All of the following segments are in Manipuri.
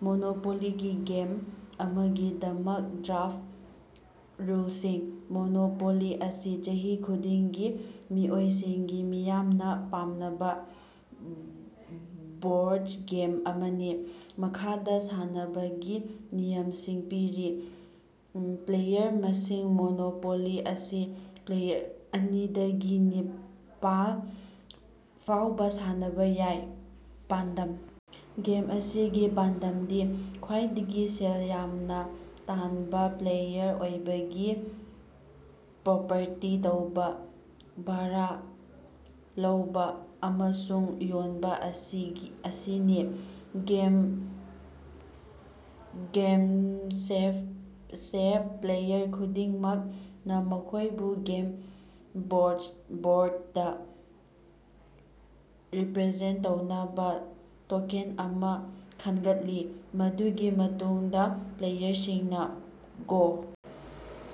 ꯃꯣꯅꯣꯄꯣꯂꯤꯒꯤ ꯒꯦꯝ ꯑꯃꯒꯤꯗꯃꯛ ꯗ꯭ꯔꯥꯐ ꯔꯨꯜꯁꯤꯡ꯫ ꯃꯣꯅꯣꯄꯣꯂꯤ ꯑꯁꯤ ꯆꯍꯤ ꯈꯨꯗꯤꯡꯒꯤ ꯃꯤꯑꯣꯏꯁꯤꯡꯒꯤ ꯃꯤꯌꯥꯝꯅ ꯄꯥꯝꯅꯕ ꯕꯣꯔꯗ ꯒꯦꯝ ꯑꯃꯅꯤ꯫ ꯃꯈꯥꯗ ꯁꯥꯟꯅꯕꯒꯤ ꯅꯤꯌꯝꯁꯤꯡ ꯄꯤꯔꯤ - ꯄ꯭ꯂꯦꯌꯔ ꯃꯁꯤꯡ - ꯃꯣꯅꯣꯄꯣꯂꯤ ꯑꯁꯤ ꯄ꯭ꯂꯦꯌꯔ ꯑꯅꯤꯗꯒꯤ ꯅꯤꯄꯥꯜ ꯐꯥꯎꯕ ꯁꯥꯟꯅꯕ ꯌꯥꯏ꯫ ꯄꯥꯟꯗꯝ - ꯒꯦꯝ ꯑꯁꯤꯒꯤ ꯄꯥꯟꯗꯝꯗꯤ ꯈ꯭ꯋꯥꯏꯗꯒꯤ ꯁꯦꯜ ꯌꯥꯝꯅ ꯇꯥꯅꯕ ꯄ꯭ꯂꯦꯌꯔ ꯑꯣꯏꯕꯅꯤ, ꯄ꯭ꯔꯣꯄꯔꯇꯤ ꯂꯧꯕ, ꯚꯥꯔꯥ ꯂꯧꯕ ꯑꯃꯁꯨꯡ ꯌꯣꯟꯕ ꯑꯁꯤꯅꯤ꯫ ꯒꯦꯝ ꯁꯦꯠꯑꯞ - ꯄ꯭ꯂꯦꯌꯔ ꯈꯨꯗꯤꯡꯃꯛꯅ ꯃꯈꯣꯏꯕꯨ ꯒꯦꯝ ꯕꯣꯔꯗꯇꯥ ꯔꯤꯄꯔꯖꯦꯟꯇ ꯇꯧꯅꯕ ꯇꯣꯀꯦꯟ ꯑꯃ ꯈꯟꯒꯠꯂꯤ꯫ ꯃꯗꯨꯒꯤ ꯃꯇꯨꯡꯗ ꯄ꯭ꯂꯦꯌꯔꯁꯤꯡꯅ ꯒꯣ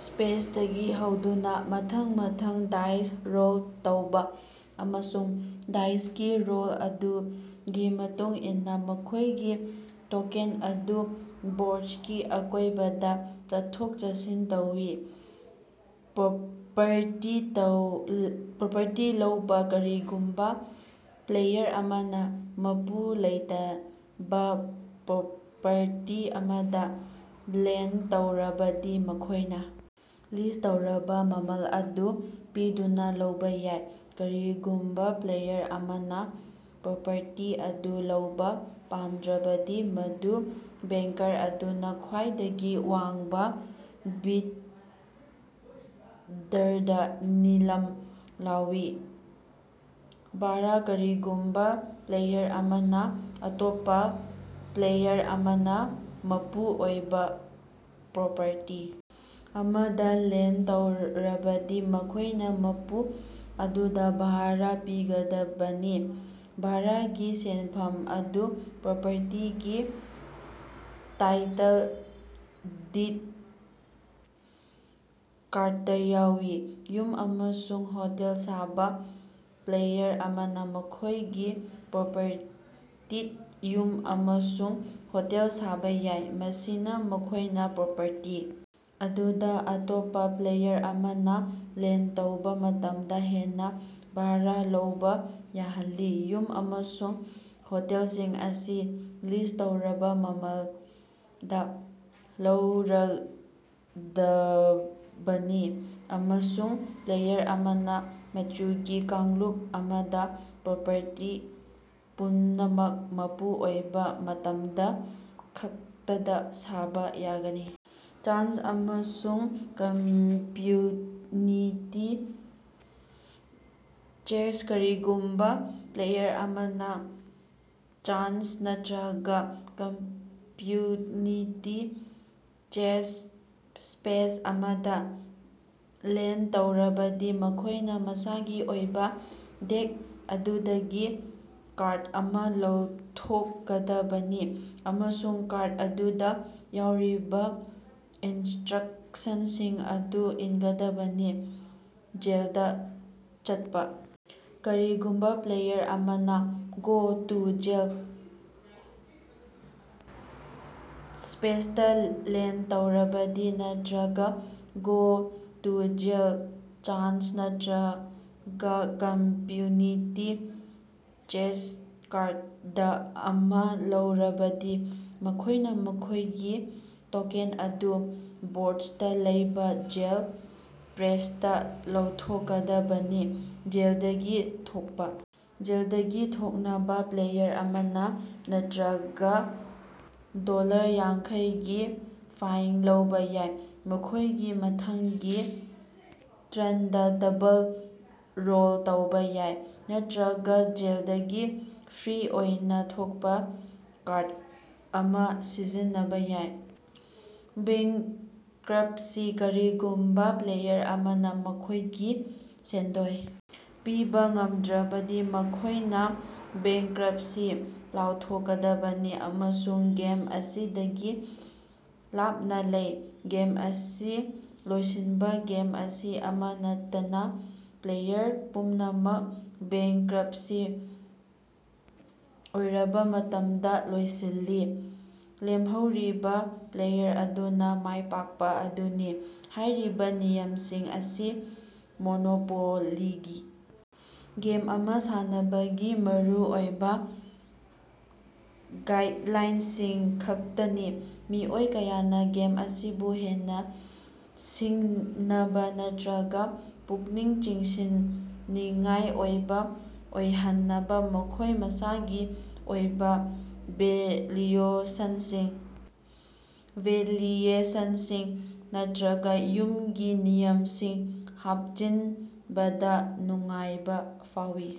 ꯁ꯭ꯄꯦꯁꯇꯒꯤ ꯍꯧꯗꯨꯅ ꯃꯊꯪ ꯃꯊꯪ ꯗꯥꯏꯁ ꯔꯣꯜ ꯇꯧꯕ ꯑꯃꯁꯨꯡ ꯗꯥꯏꯁꯀꯤ ꯔꯣꯜ ꯑꯗꯨꯒꯤ ꯃꯇꯨꯡ ꯏꯟꯅ ꯃꯈꯣꯏꯒꯤ ꯇꯣꯀꯦꯟ ꯑꯗꯨ ꯕꯣꯔꯗꯀꯤ ꯑꯀꯣꯏꯕꯗ ꯆꯠꯊꯣꯛ-ꯆꯠꯁꯤꯟ ꯇꯧꯏ꯫ ꯄ꯭ꯔꯣꯄꯔꯇꯤ ꯂꯧꯕ - ꯀꯔꯤꯒꯨꯝꯕ ꯄ꯭ꯂꯦꯌꯔ ꯑꯃꯅ ꯃꯄꯨ ꯂꯩꯇꯕꯥ ꯄ꯭ꯔꯣꯄꯔꯇꯤ ꯑꯃꯗ ꯂꯦꯟ꯭ꯗ ꯇꯧꯔꯕꯗꯤ ꯃꯈꯣꯏꯅ ꯂꯤꯁ꯭ꯠ ꯇꯧꯔꯕ ꯃꯃꯜ ꯑꯗꯨ ꯄꯤꯗꯨꯅ ꯂꯧꯕ ꯌꯥꯏ꯫ ꯀꯔꯤꯒꯨꯝꯕ ꯄ꯭ꯂꯦꯌꯔ ꯑꯃꯅ ꯄ꯭ꯔꯣꯄꯔꯇꯤ ꯑꯗꯨ ꯂꯧꯕ‌ ꯄꯥꯝꯗ꯭ꯔꯕꯗꯤ, ꯃꯗꯨ ꯕꯦꯡꯀꯔ ꯑꯗꯨꯅ‌ ꯈ꯭ꯋꯥꯏꯗꯒꯤ ꯋꯥꯡꯕ‌‌ ꯕꯤꯗ꯭ꯗꯔꯗꯥ ꯅꯤꯂꯥꯝ ꯂꯥꯎꯏ꯫ ꯚꯥꯔꯥ - ꯀꯔꯤꯒꯨꯝꯕ ꯄ꯭ꯂꯦꯌꯔ ꯑꯃꯅ‌ ꯑꯇꯣꯞꯄꯥ ꯄ꯭ꯂꯦꯌꯔ ꯑꯃꯅ ꯃꯄꯨ ꯑꯣꯏꯕ ꯄ꯭ꯔꯣꯄꯔꯇꯤ ꯑꯃꯗ ꯂꯦꯟ꯭ꯗ ꯇꯧꯔꯕꯗꯤ ꯃꯈꯣꯏꯅ ꯃꯄꯨ ꯑꯗꯨꯗ ꯚꯥꯔꯥ ꯄꯤꯒꯗꯕꯅꯤ꯫ ꯚꯥꯔꯥꯒꯤ ꯁꯦꯟꯐꯝ ꯑꯗꯨ ꯄ꯭ꯔꯣꯄꯔꯇꯤꯒꯤ ꯇꯥꯏꯇꯜ ꯗꯤꯗ ꯀꯥꯔꯗꯇꯥ ꯌꯥꯎꯏ꯫ ꯌꯨꯝ ꯑꯃꯁꯨꯡ ꯍꯣꯇꯦꯜ ꯁꯥꯕ - ꯄ꯭ꯂꯦꯌꯔ ꯑꯃꯅ ꯃꯈꯣꯏꯒꯤ ꯄ꯭ꯔꯣꯄꯔꯇꯤꯗ ꯌꯨꯝ ꯑꯃꯁꯨꯡ ꯍꯣꯇꯦꯜ ꯁꯥꯕ ꯌꯥꯏ, ꯃꯁꯤꯅ ꯃꯈꯣꯏꯅ ꯄ꯭ꯔꯣꯄꯔꯇꯤ ꯑꯗꯨꯗ‌ ꯑꯇꯣꯞꯄ ꯄ꯭ꯂꯦꯌꯔ ꯑꯃꯅ ꯂꯦꯟ꯭ꯗ ꯇꯧꯕ ꯃꯇꯝꯗ ꯍꯦꯟꯅ ꯚꯥꯔꯥ ꯂꯧꯕ ꯌꯥꯍꯜꯂꯤ꯫ ꯌꯨꯝ ꯑꯃꯁꯨꯡ ꯍꯣꯇꯦꯜꯁꯤꯡ ꯑꯁꯤ ꯂꯤꯁ꯭ꯠ ꯇꯧꯔꯕ ꯃꯃꯜꯗ ꯂꯧꯒꯗꯕꯅꯤ ꯑꯃꯁꯨꯡ ꯄ꯭ꯂꯦꯌꯔ ꯑꯃꯅ ꯃꯆꯨꯒꯤ ꯀꯥꯡꯂꯨꯞ ꯑꯃꯗ ꯄ꯭ꯔꯣꯄꯔꯇꯤ ꯄꯨꯝꯅꯃꯛ ꯃꯄꯨ ꯑꯣꯏꯕ ꯃꯇꯝꯗ ꯈꯛꯇꯗ ꯁꯥꯕ ꯌꯥꯒꯅꯤ꯫ ꯆꯥꯟꯁ ꯑꯃꯁꯨꯡ ꯀꯝꯃ꯭ꯌꯨꯅꯤꯇꯤ ꯆꯦꯁ꯭ꯠ - ꯀꯔꯤꯒꯨꯝꯕ ꯄ꯭ꯂꯦꯌꯔ ꯑꯃꯅ ꯆꯥꯟꯁ ꯅꯠꯇꯔꯒ ꯀꯝꯃ꯭ꯌꯨꯅꯤꯇꯤ ꯆꯦꯁ꯭ꯠ ꯁ꯭ꯄꯦꯁ ꯑꯃꯗ ꯂꯦꯟꯗ ꯇꯧꯔꯕꯗꯤ ꯃꯈꯣꯏꯅ ꯃꯁꯥꯒꯤ ꯑꯣꯏꯕ ꯗꯦꯛ ꯑꯗꯨꯗꯒꯤ ꯀꯥꯔꯗ ꯑꯃ ꯂꯧꯊꯣꯛꯀꯗꯕꯅꯤ ꯑꯃꯁꯨꯡ ꯀꯥꯔꯗ ꯑꯗꯨꯗ ꯌꯥꯎꯔꯤꯕ ꯏꯟꯁꯇ꯭ꯔꯛꯁꯟꯁꯤꯡ ꯑꯗꯨ ꯏꯟꯒꯗꯕꯅꯤ꯫ ꯖꯦꯜꯗꯥ ꯆꯠꯄꯥ - ꯀꯔꯤꯒꯨꯝꯕ ꯄ꯭ꯂꯦꯌꯔ ꯑꯃꯅ ꯒꯣ ꯇꯨ ꯖꯦꯜ‌ ꯁ꯭ꯄꯦꯁꯇ ꯂꯦꯟ꯭ꯗ ꯇꯧꯔꯕꯗꯤ, ꯅꯠꯇꯔꯒ ꯒꯣ ꯇꯨ ꯖꯦꯜꯗ ꯆꯥꯟꯁ ꯅꯠꯇꯔꯒ ꯀꯝꯃ‍꯭ꯌꯨꯅꯤꯇꯤ ꯆꯦꯁ꯭ꯠ ꯀꯥꯔꯗ ꯑꯃ ꯂꯧꯔꯕꯗꯤ, ꯃꯈꯣꯏꯅ ꯃꯈꯣꯏꯒꯤ ꯇꯣꯀꯦꯟ ꯑꯗꯨ ꯕꯣꯔꯗꯇ ꯂꯩꯕ ꯖꯦꯜ ꯁ꯭ꯄꯦꯁꯇꯥ ꯂꯧꯊꯣꯛꯀꯗꯕꯅꯤ꯫ ꯖꯦꯜꯗꯒꯤ ꯊꯣꯛꯄ - ꯖꯦꯜꯗꯒꯤ ꯊꯣꯛꯅꯕꯥ, ꯄ꯭ꯂꯦꯌꯔ ꯑꯃꯅ ꯅꯠꯇꯔꯒ ꯗꯣꯂꯔ ꯌꯥꯡꯈꯩꯒꯤ ꯐꯥꯏꯟ ꯂꯧꯕ ꯌꯥꯏ, ꯃꯈꯣꯏꯒꯤ ꯃꯊꯪꯒꯤ ꯇꯥ꯭ꯔꯝꯗꯥ ꯗꯕꯜ ꯔꯣꯜ ꯇꯧꯕ ꯌꯥꯏ, ꯅꯠꯇꯔꯒ ꯖꯦꯜꯗꯒꯤ ꯐ꯭ꯔꯤ ꯑꯣꯏꯅ‌ ꯊꯣꯛꯄ ꯀꯥꯔꯗ ꯑꯃ ꯁꯤꯖꯤꯟꯅꯕ ꯌꯥꯏ꯫ ꯕꯦꯡꯀ꯭ꯔꯞꯁꯤ - ꯀꯔꯤꯒꯨꯝꯕ ꯄ꯭ꯂꯦꯌꯔ ꯑꯃꯅ ꯃꯈꯣꯏꯒꯤ ꯁꯦꯟꯗꯣꯏ ꯄꯤꯕ ꯉꯝꯗ꯭ꯔꯕꯗꯤ ꯃꯈꯣꯏꯅ ꯕꯦꯡꯀ꯭ꯔꯞꯁꯤ ꯂꯥꯎꯊꯣꯛꯀꯗꯕꯅꯤ ꯑꯃꯁꯨꯡ ꯒꯦꯝ ꯑꯁꯤꯗꯒꯤ ꯂꯥꯞꯅ ꯂꯩ꯫ ꯒꯦꯝ ꯑꯁꯤ ꯂꯣꯏꯁꯤꯟꯕ - ꯒꯦꯝ ꯑꯁꯤ ꯑꯃ‌ ꯅꯠꯇꯅ ꯄ꯭ꯂꯦꯌꯔ ꯄꯨꯝꯅꯃꯛ ꯕꯦꯡꯀ꯭ꯔꯞꯁꯤ ꯑꯣꯏꯔꯕ ꯃꯇꯝꯗ ꯂꯣꯏꯁꯤꯜꯂꯤ꯫ ꯂꯦꯝꯍꯧꯔꯤꯕ ꯄ꯭ꯂꯦꯌꯔ ꯑꯗꯨꯅ ꯃꯥꯏꯄꯥꯛꯄ ꯑꯗꯨꯅꯤ꯫ ꯍꯥꯏꯔꯤꯕ ꯅꯤꯌꯝꯁꯤꯡ ꯑꯁꯤ ꯃꯣꯅꯣꯄꯣꯂꯤꯒꯤ ꯒꯦꯝ ꯑꯃ ꯁꯥꯟꯅꯕꯒꯤ ꯃꯔꯨꯑꯣꯏꯕ ꯒꯥꯏꯗꯂꯥꯏꯟꯁꯤꯡ ꯈꯛꯇꯅꯤ꯫ ꯃꯤꯑꯣꯏ ꯀꯌꯥꯅ ꯒꯦꯝ ꯑꯁꯤꯕꯨ ꯍꯦꯟꯅ ꯁꯤꯡꯅꯕ ꯅꯠꯇꯔꯒ ꯄꯨꯛꯅꯤꯡ ꯆꯤꯡꯁꯤꯟꯅꯤꯡꯉꯥꯏ ꯑꯣꯏꯕ ꯑꯣꯏꯍꯟꯅꯕ ꯃꯈꯣꯏ ꯃꯁꯥꯒꯤ ꯑꯣꯏꯕ ꯚꯦꯔꯤꯑꯦꯁꯟꯁꯤꯡ ꯅꯠꯇꯔꯒ ꯌꯨꯝꯒꯤ ꯅꯤꯌꯝꯁꯤꯡ ꯍꯥꯞꯆꯤꯟꯕꯗ ꯅꯨꯡꯉꯥꯏꯕ ꯐꯥꯎꯏ꯫